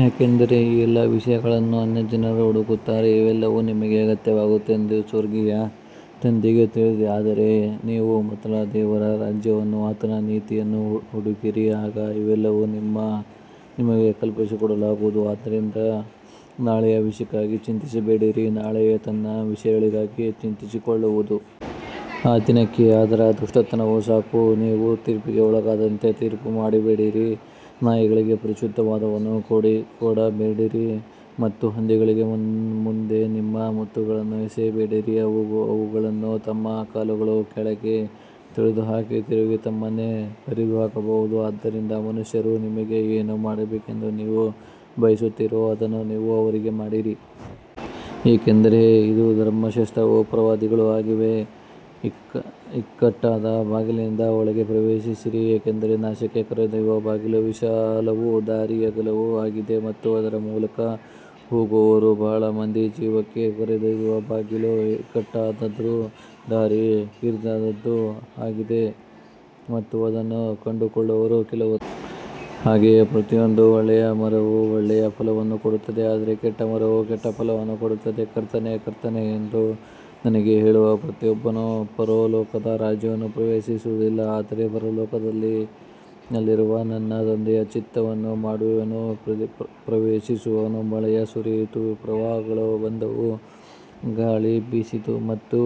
ಯಾಕಂದರೆ ಈ ಎಲ್ಲಾ ವಿಷಯಗಳನ್ನು ಅನ್ಯಜನರು ಹುಡುಕುತ್ತಾರೆ. ಇವೆಲ್ಲವೂ ನಿಮಗೆ ಅಗತ್ಯವೆಂದು ನಿಮ್ಮ ಸ್ವರ್ಗೀಯ ತಂದೆಗೆ ತಿಳಿದಿದೆ. ಆದರೆ ನೀವು ಮೊದಲು ದೇವರ ರಾಜ್ಯವನ್ನೂ ಆತನ ನೀತಿಯನ್ನೂ ಹುಡುಕಿರಿ, ಆಗ ಇವೆಲ್ಲವೂ ನಿಮಗೆ ಕೂಡಿಸಲ್ಪಡುವವು. ಆದ್ದರಿಂದ ನಾಳೆಯ ವಿಷಯಕ್ಕಾಗಿ ಚಿಂತಿಸಬೇಡಿರಿ, ನಾಳೆಯು ತನ್ನ ವಿಷಯಗಳಿಗಾಗಿ ಚಿಂತಿಸಿಕೊಳ್ಳುವುದು. ಆ ದಿನಕ್ಕೆ ಅದರ ದುಷ್ಟತನವು ಸಾಕು. ನೀವು ತೀರ್ಪಿಗೆ ಒಳಗಾಗದಂತೆ ತೀರ್ಪು ಮಾಡಬೇಡಿರಿ. ನಾಯಿಗಳಿಗೆ ಪರಿಶುದ್ಧವಾದದ್ದನ್ನು ಕೊಡಬೇಡಿರಿ ಮತ್ತು ಹಂದಿಗಳ ಮುಂದೆ ನಿಮ್ಮ ಮುತ್ತುಗಳನ್ನು ಎಸೆಯಬೇಡಿರಿ. ಅವು ಅವುಗಳನ್ನು ತಮ್ಮ ಕಾಲುಗಳ ಕೆಳಗೆ ತುಳಿದುಹಾಕಿ ತಿರುಗಿ ನಿಮ್ಮನ್ನೇ ಹರಿದುಹಾಕಬಹುದು. ಆದ್ದರಿಂದ ಮನುಷ್ಯರು ನಿಮಗೆ ಏನು ಮಾಡಬೇಕೆಂದು ನೀವು ಬಯಸುತ್ತೀರೋ ಅದನ್ನೇ ನೀವು ಅವರಿಗೂ ಮಾಡಿರಿ. ಏಕೆಂದರೆ ಇದು ಧರ್ಮಶಾಸ್ತ್ರವೂ ಪ್ರವಾದಿಗಳೂ ಆಗಿವೆ. ಇಕ್ಕಟ್ಟಾದ ಬಾಗಿಲಿನಿಂದ ಒಳಗೆ ಪ್ರವೇಶಿಸಿರಿ. ಏಕೆಂದರೆ ನಾಶಕ್ಕೆ ಕರೆದೊಯ್ಯುವ ಬಾಗಿಲು ವಿಶಾಲವೂ ದಾರಿ ಅಗಲವೂ ಆಗಿದೆ ಮತ್ತು ಅದರ ಮೂಲಕ ಹೋಗುವವರು ಬಹಳ ಮಂದಿ. ಜೀವಕ್ಕೆ ಕರೆದೊಯ್ಯುವ ಬಾಗಿಲು ಇಕ್ಕಟ್ಟಾದದ್ದೂ ದಾರಿ ಕಿರಿದಾದದ್ದೂ ಆಗಿದೆ ಮತ್ತು ಅದನ್ನು ಕಂಡುಕೊಳ್ಳುವವರು ಕೆಲವರು. ಹಾಗೆಯೇ ಪ್ರತಿಯೊಂದು ಒಳ್ಳೆಯ ಮರವು ಒಳ್ಳೆಯ ಫಲವನ್ನು ಕೊಡುತ್ತದೆ, ಆದರೆ ಕೆಟ್ಟ ಮರವು ಕೆಟ್ಟ ಫಲವನ್ನು ಕೊಡುತ್ತದೆ. ಕರ್ತನೇ, ಕರ್ತನೇ ಎಂದು ನನಗೆ ಹೇಳುವ ಪ್ರತಿಯೊಬ್ಬನು ಪರಲೋಕದ ರಾಜ್ಯವನ್ನು ಪ್ರವೇಶಿಸುವುದಿಲ್ಲ. ಆದರೆ ಪರಲೋಕದಲ್ಲಿರುವ ನನ್ನ ತಂದೆಯ ಚಿತ್ತವನ್ನು ಮಾಡುವವನೇ ಪ್ರವೇಶಿಸುವನು. ಮಳೆಯು ಸುರಿಯಿತು, ಪ್ರವಾಹಗಳು ಬಂದವು, ಗಾಳಿ ಬೀಸಿತು ಮತ್ತು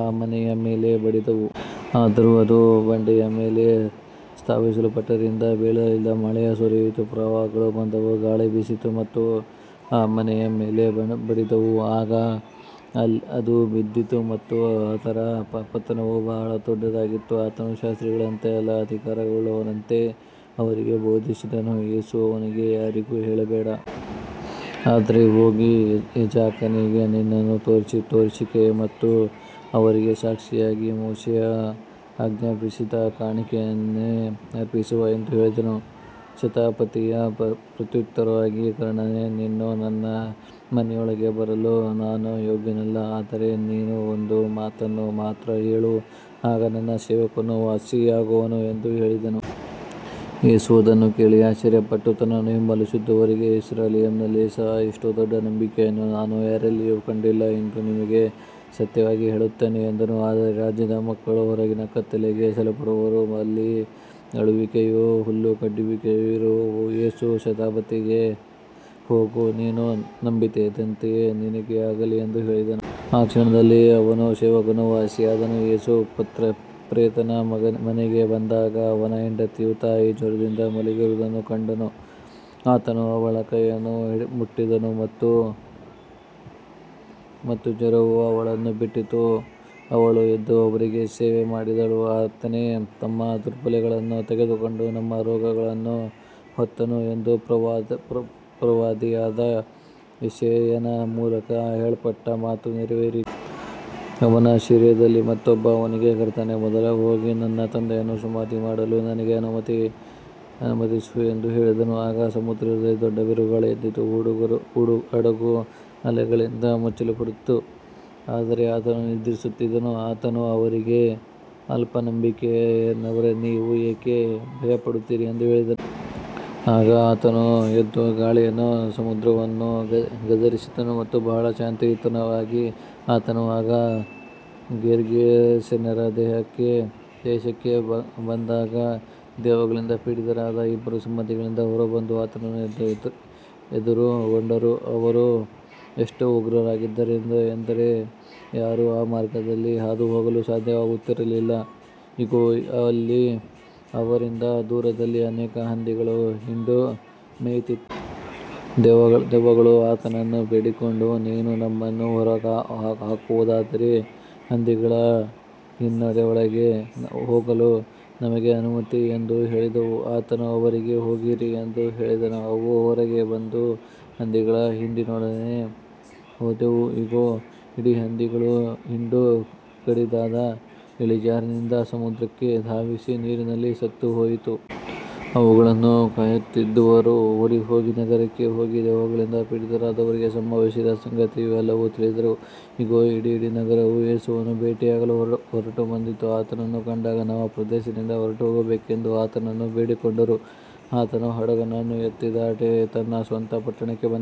ಆ ಮನೆಯ ಮೇಲೆ ಬಡಿದವು. ಆದರೂ ಅದು ಬಂಡೆಯ ಮೇಲೆ ಸ್ಥಾಪಿಸಲ್ಪಟ್ಟಿದ್ದರಿಂದ ಬೀಳಲಿಲ್ಲ. ಮಳೆಯು ಸುರಿಯಿತು, ಪ್ರವಾಹಗಳು ಬಂದವು, ಗಾಳಿ ಬೀಸಿತು ಮತ್ತು ಆ ಮನೆಯ ಮೇಲೆ ಬಡಿದವು. ಆಗ ಅದು ಬಿದ್ದಿತು ಮತ್ತು ಅದರ ಪತನವು ಬಹಳ ದೊಡ್ಡದಾಗಿತ್ತು. ಆತನು ಶಾಸ್ತ್ರಿಗಳಂತೆ ಅಲ್ಲ, ಅಧಿಕಾರವುಳ್ಳವನಂತೆ ಅವರಿಗೆ ಬೋಧಿಸಿದನು. ಯೇಸು ಅವನಿಗೆ, ಯಾರಿಗೂ ಹೇಳಬೇಡ. ಆದರೆ ಹೋಗಿ ಯಾಜಕನಿಗೆ ನಿನ್ನನ್ನು ತೋರಿಸಿಕೊ ಮತ್ತು ಅವರಿಗೆ ಸಾಕ್ಷಿಯಾಗಿ ಮೋಶೆಯು ಆಜ್ಞಾಪಿಸಿದ ಕಾಣಿಕೆಯನ್ನು ಅರ್ಪಿಸು ಎಂದು ಹೇಳಿದನು. ಶತಾಧಿಪತಿಯು ಪ್ರತ್ಯುತ್ತರವಾಗಿ, ಕರ್ತನೇ, ನೀನು ನನ್ನ ಮನೆಯೊಳಗೆ ಬರಲು ನಾನು ಯೋಗ್ಯನಲ್ಲ. ಆದರೆ ನೀನು ಒಂದು ಮಾತನ್ನು ಮಾತ್ರ ಹೇಳು, ಆಗ ನನ್ನ ಸೇವಕನು ವಾಸಿಯಾಗುವನು ಎಂದು ಹೇಳಿದನು. ಯೇಸು ಅದನ್ನು ಕೇಳಿ ಆಶ್ಚರ್ಯಪಟ್ಟು, ತನ್ನನ್ನು ಹಿಂಬಾಲಿಸುತ್ತಿದ್ದವರಿಗೆ, ಇಸ್ರಾಯೇಲಿನಲ್ಲಿ ಸಹ ಇಷ್ಟು ದೊಡ್ಡ ನಂಬಿಕೆಯನ್ನು ನಾನು ಯಾರಲ್ಲಿಯೂ ಕಂಡಿಲ್ಲ ಎಂದು ನಿಮಗೆ ಸತ್ಯವಾಗಿ ಹೇಳುತ್ತೇನೆ ಎಂದನು. ಆದರೆ ರಾಜ್ಯದ ಮಕ್ಕಳು ಹೊರಗಿನ ಕತ್ತಲೆಗೆ ಎಸೆಯಲ್ಪಡುವರು. ಅಲ್ಲಿ ಅಳುವಿಕೆಯೂ ಹಲ್ಲು ಕಡಿಯುವಿಕೆಯೂ ಇರುವವು. ಯೇಸು ಶತಾಧಿಪತಿಗೆ, ಹೋಗು, ನೀನು ನಂಬಿದಂತೆಯೇ ನಿನಗೆ ಆಗಲಿ ಎಂದು ಹೇಳಿದನು. ಆ ಕ್ಷಣದಲ್ಲೇ ಅವನ ಸೇವಕನು ವಾಸಿಯಾದನು. ಯೇಸು ಪೇತ್ರನ ಮನೆಗೆ ಬಂದಾಗ, ಅವನ ಹೆಂಡತಿಯ ತಾಯಿ ಜ್ವರದಿಂದ ಮಲಗಿರುವುದನ್ನು ಕಂಡನು. ಆತನು ಅವಳ ಕೈಯನ್ನು ಮುಟ್ಟಿದನು ಮತ್ತು ಜ್ವರವು ಅವಳನ್ನು ಬಿಟ್ಟಿತು. ಅವಳು ಎದ್ದು ಅವರಿಗೆ ಸೇವೆಮಾಡಿದಳು. ಆತನೇ ನಮ್ಮ ದೌರ್ಬಲ್ಯಗಳನ್ನು ತೆಗೆದುಕೊಂಡು ನಮ್ಮ ರೋಗಗಳನ್ನು ಹೊತ್ತನು ಎಂದು ಪ್ರವಾದಿಯಾದ ಯೆಶಾಯನ ಮೂಲಕ ಹೇಳಲ್ಪಟ್ಟ ಮಾತು ನೆರವೇರಿತು. ಅವನ ಶಿಷ್ಯರಲ್ಲಿ ಮತ್ತೊಬ್ಬನು ಅವನಿಗೆ, ಕರ್ತನೇ, ಮೊದಲು ಹೋಗಿ ನನ್ನ ತಂದೆಯನ್ನು ಸಮಾಧಿ ಮಾಡಲು ನನಗೆ ಅನುಮತಿಸು ಎಂದು ಹೇಳಿದನು. ಆಗ ಸಮುದ್ರದಲ್ಲಿ ದೊಡ್ಡ ಬಿರುಗಾಳಿ ಎದ್ದಿತು. ಹಡಗು ಅಲೆಗಳಿಂದ ಮುಚ್ಚಲ್ಪಟ್ಟಿತು, ಆದರೆ ಆತನು ನಿದ್ರಿಸುತ್ತಿದ್ದನು. ಆತನು ಅವರಿಗೆ, ಅಲ್ಪನಂಬಿಕೆಯವರೇ, ನೀವು ಏಕೆ ಭಯಪಡುತ್ತೀರಿ ಎಂದು ಹೇಳಿದನು. ಆಗ ಆತನು ಎದ್ದು ಗಾಳಿಯನ್ನೂ ಸಮುದ್ರವನ್ನೂ ಗದರಿಸಿದನು ಮತ್ತು ಬಹಳ ಶಾಂತವಾಯಿತು. ಆತನು ಆಚೆಗೆ ಗೆರ್ಗೆಸೇನರ ದೇಶಕ್ಕೆ ಬಂದಾಗ, ದೆವ್ವಗಳಿಂದ ಪೀಡಿತರಾದ ಇಬ್ಬರು ಸಮಾಧಿಗಳಿಂದ ಹೊರಬಂದು ಆತನನ್ನು ಎದುರುಗೊಂಡರು. ಅವರು ಎಷ್ಟು ಉಗ್ರರಾಗಿದ್ದರೆಂದರೆ ಯಾರೂ ಆ ಮಾರ್ಗದಲ್ಲಿ ಹಾದುಹೋಗಲು ಸಾಧ್ಯವಾಗುತ್ತಿರಲಿಲ್ಲ. ಇಗೋ, ಅಲ್ಲಿ ಅವರಿಂದ ದೂರದಲ್ಲಿ ಅನೇಕ ಹಂದಿಗಳ ಹಿಂಡು ಮೇಯುತ್ತಿತ್ತು. ದೆವ್ವಗಳು ಆತನನ್ನು ಬೇಡಿಕೊಂಡು, ನೀನು ನಮ್ಮನ್ನು ಹೊರಹಾಕುವುದಾದರೆ, ಹಂದಿಗಳ ಹಿಂಡಿನೊಳಗೆ ಹೋಗಲು ನಮಗೆ ಅನುಮತಿಸು ಎಂದು ಹೇಳಿದವು. ಆತನು ಅವರಿಗೆ, ಹೋಗಿರಿ ಎಂದು ಹೇಳಿದನು. ಅವು ಹೊರಗೆ ಬಂದು ಹಂದಿಗಳ ಹಿಂಡಿನೊಳಗೆ ಹೋದವು. ಇಗೋ, ಇಡೀ ಹಂದಿಗಳ ಹಿಂಡು ಕಡಿದಾದ ಇಳಿಜಾರಿನಿಂದ ಸಮುದ್ರಕ್ಕೆ ಧಾವಿಸಿ ನೀರಿನಲ್ಲಿ ಸತ್ತುಹೋಯಿತು. ಅವುಗಳನ್ನು ಕಾಯುತ್ತಿದ್ದವರು ಓಡಿಹೋಗಿ ನಗರಕ್ಕೆ ಹೋಗಿ, ದೆವ್ವಗಳಿಂದ ಪೀಡಿತರಾದವರಿಗೆ ಸಂಭವಿಸಿದ ಸಂಗತಿಯನ್ನೂ ಎಲ್ಲವನ್ನೂ ತಿಳಿಸಿದರು. ಇಗೋ, ಇಡೀ ನಗರವು ಯೇಸುವನ್ನು ಭೇಟಿಯಾಗಲು ಹೊರಟುಬಂದು, ಆತನನ್ನು ಕಂಡಾಗ ತಮ್ಮ ಪ್ರದೇಶದಿಂದ ಹೊರಟುಹೋಗಬೇಕೆಂದು ಆತನನ್ನು ಬೇಡಿಕೊಂಡರು. ಆತನು ಹಡಗನ್ನು ಹತ್ತಿ ದಾಟಿ ತನ್ನ ಸ್ವಂತ ಪಟ್ಟಣಕ್ಕೆ ಬಂದನು.